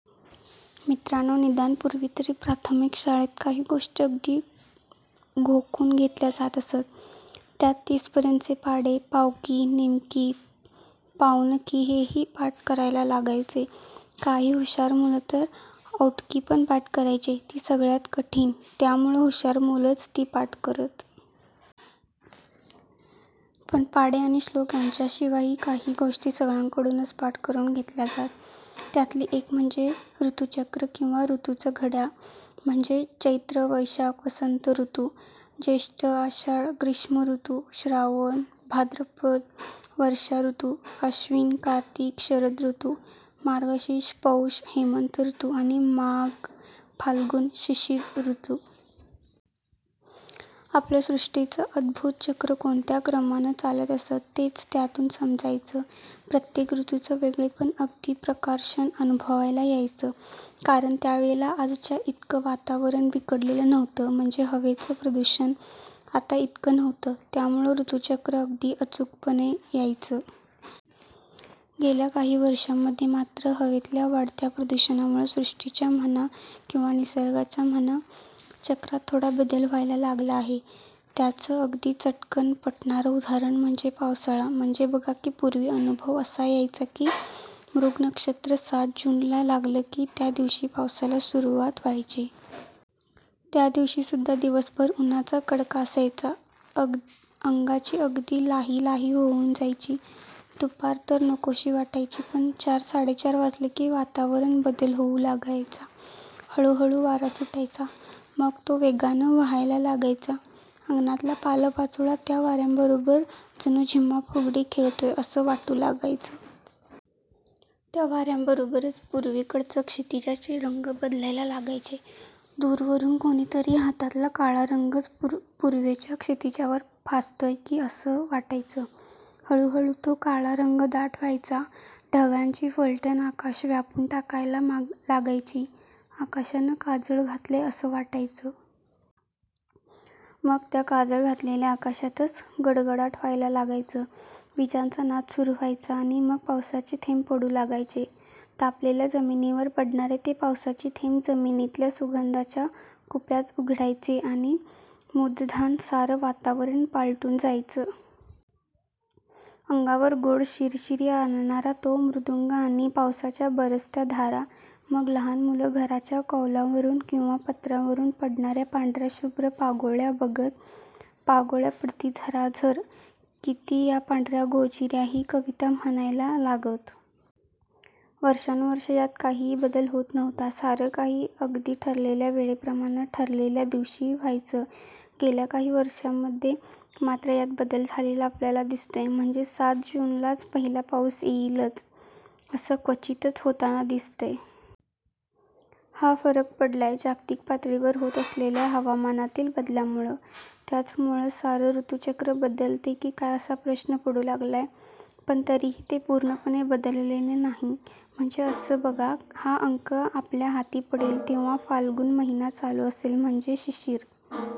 मित्रांनो, निदान पूर्वीतरी प्राथमिक शाळेत काही गोष्टी अगदी घोकून घेतल्या जात असत. त्यात तीसपर्यंतचे पाढे, पावकी, निमकी, पाऊणकी हेही पाठ करायला लागायचे. काही हुशार मुलं तर औटकीपण पाठ करायचे. ती सगळ्यात कठीण, त्यामुळं हुशार मुलंच ती पाठ करत. पण पाढे आणि श्लोक यांच्याशिवायही काही गोष्टी सगळ्यांकडूनच पाठ करून घेतल्या जात. त्यातली एक म्हणजे ऋतुचक्र! किंवा ऋतूंचं घड्याळ!! म्हणजे चैत्र-वैशाख वसंत ऋतू, ज्येष्ठ-आषाढ ग्रीष्म ऋतू, श्रावण-भाद्रपद वर्षा ऋतू, आश्विन-कार्तिक शरद ऋतू, मार्गशीर्ष-पौष हेमंत ऋतू आणि माघ-फाल्गुन शिशिर ऋतू! आपलं सृष्टीचं अद्भुत चक्र कोणत्या क्रमानं चालत असतं, तेच यातून समजायचं. प्रत्येक ऋतूचं वेगळेपण अगदी प्रकर्षानं अनुभवायला यायचं; कारण त्यावेळेला आजच्या इतकं वातावरण बिघडलेलं नव्हतं. म्हणजे हवेचं प्रदूषण आता इतकं नव्हतं. त्यामुळं ऋतुचक्र अगदी अचूकपणं यायचं. गेल्या काही वर्षांमध्ये मात्र हवेतल्या वाढत्या प्रदूषणामुळं सृष्टीच्या म्हणा किंवा निसर्गाच्या म्हणा, चक्रात थोडा बदल व्हायला लागला आहे. त्याचं अगदी चटकन पटणारं उदाहरण म्हणजे पावसाळा! म्हणजे बघा की पूर्वी अनुभव असा यायचा की मृग नक्षत्र सात जूनला लागलं की त्या दिवशी पावसाला सुरुवात व्हायची. त्या दिवशीसुद्धा दिवसभर उन्हाचा कडाका असायचा. अंगाची अगदी लाही लाही होऊन जायची. दुपार तर नकोशी वाटायची. पण चार-साडेचार वाजले की वातावरणात बदल होऊ लागायचा. हळूहळू वारा सुटायचा. मग तो वेगानं वहायला लागायचा. अंगणातला पालापाचोळा त्या वाऱ्याबरोबर जणू झिम्मा-फुगडी खेळतोय असं वाटू लागायचं. त्या वाऱ्याबरोबरच पूर्वेकडचं क्षितिजाचे रंग बदलायला लागायचे. दूरवरून कोणीतरी हातातला काळा रंगच पूर्वेच्या क्षितिजावर फासतोय की काय असं वाटायचं. हळूहळू तो काळा रंग दाट व्हायचा. ढगांची फलटण आकाश व्यापून टाकायला लागायची. आकाशानं काजळ घातलंय असंच वाटायचं. मग त्या काजळ घातलेल्या आकाशातच गडगडाट व्हायला लागायचा. विजांचा नाच सुरू व्हायचा आणि मग पावसाचे थेंब पडू लागायचे. तापलेल्या जमिनीवर पडणारे ते पावसाचे थेंब जमिनीतल्या सुगंधाच्या कुप्याच उघडायचे आणि मृद्गंधानं सारं वातावरण पालटून जायचं... अंगावर गोड शिरशिरी आणणारा तो मृद्गंध आणि पावसाच्या बरसत्या धारा... मग लहान मुलं घराच्या कौलांवरून किंवा पत्र्यावरून पडणाऱ्या पांढऱ्या शुभ्र पागोळ्या बघत 'पागोळ्या पडती झराझर किती या पांढऱ्या गोजिऱ्या...' ही कविता म्हणायला लागत. वर्षानुवर्षं यात काहीही बदल होत नव्हता. सारं काही अगदी ठरलेल्या वेळेप्रमाणं, ठरलेल्या दिवशी, व्हायचं. गेल्या काही वर्षांमध्ये मात्र यात बदल झालेला आपल्याला दिसतोय. म्हणजे सात जूनलाच पहिला पाऊस येईलच, असं क्वचितच होताना दिसतंय. हा फरक पडलाय जागतिक पातळीवर होत असलेल्या हवामानातील बदलामुळं! त्यामुळंच सारंच ऋतुचक्र बदलतंय की काय असा प्रश्न पडू लागलाय. पण तरीही ते पूर्णपणं बदललेलं नाही. म्हणजे असं बघा, हा अंक आपल्या हाती पडेल, तेव्हा फाल्गुन महिना चालू असेल. म्हणजेच शिशिर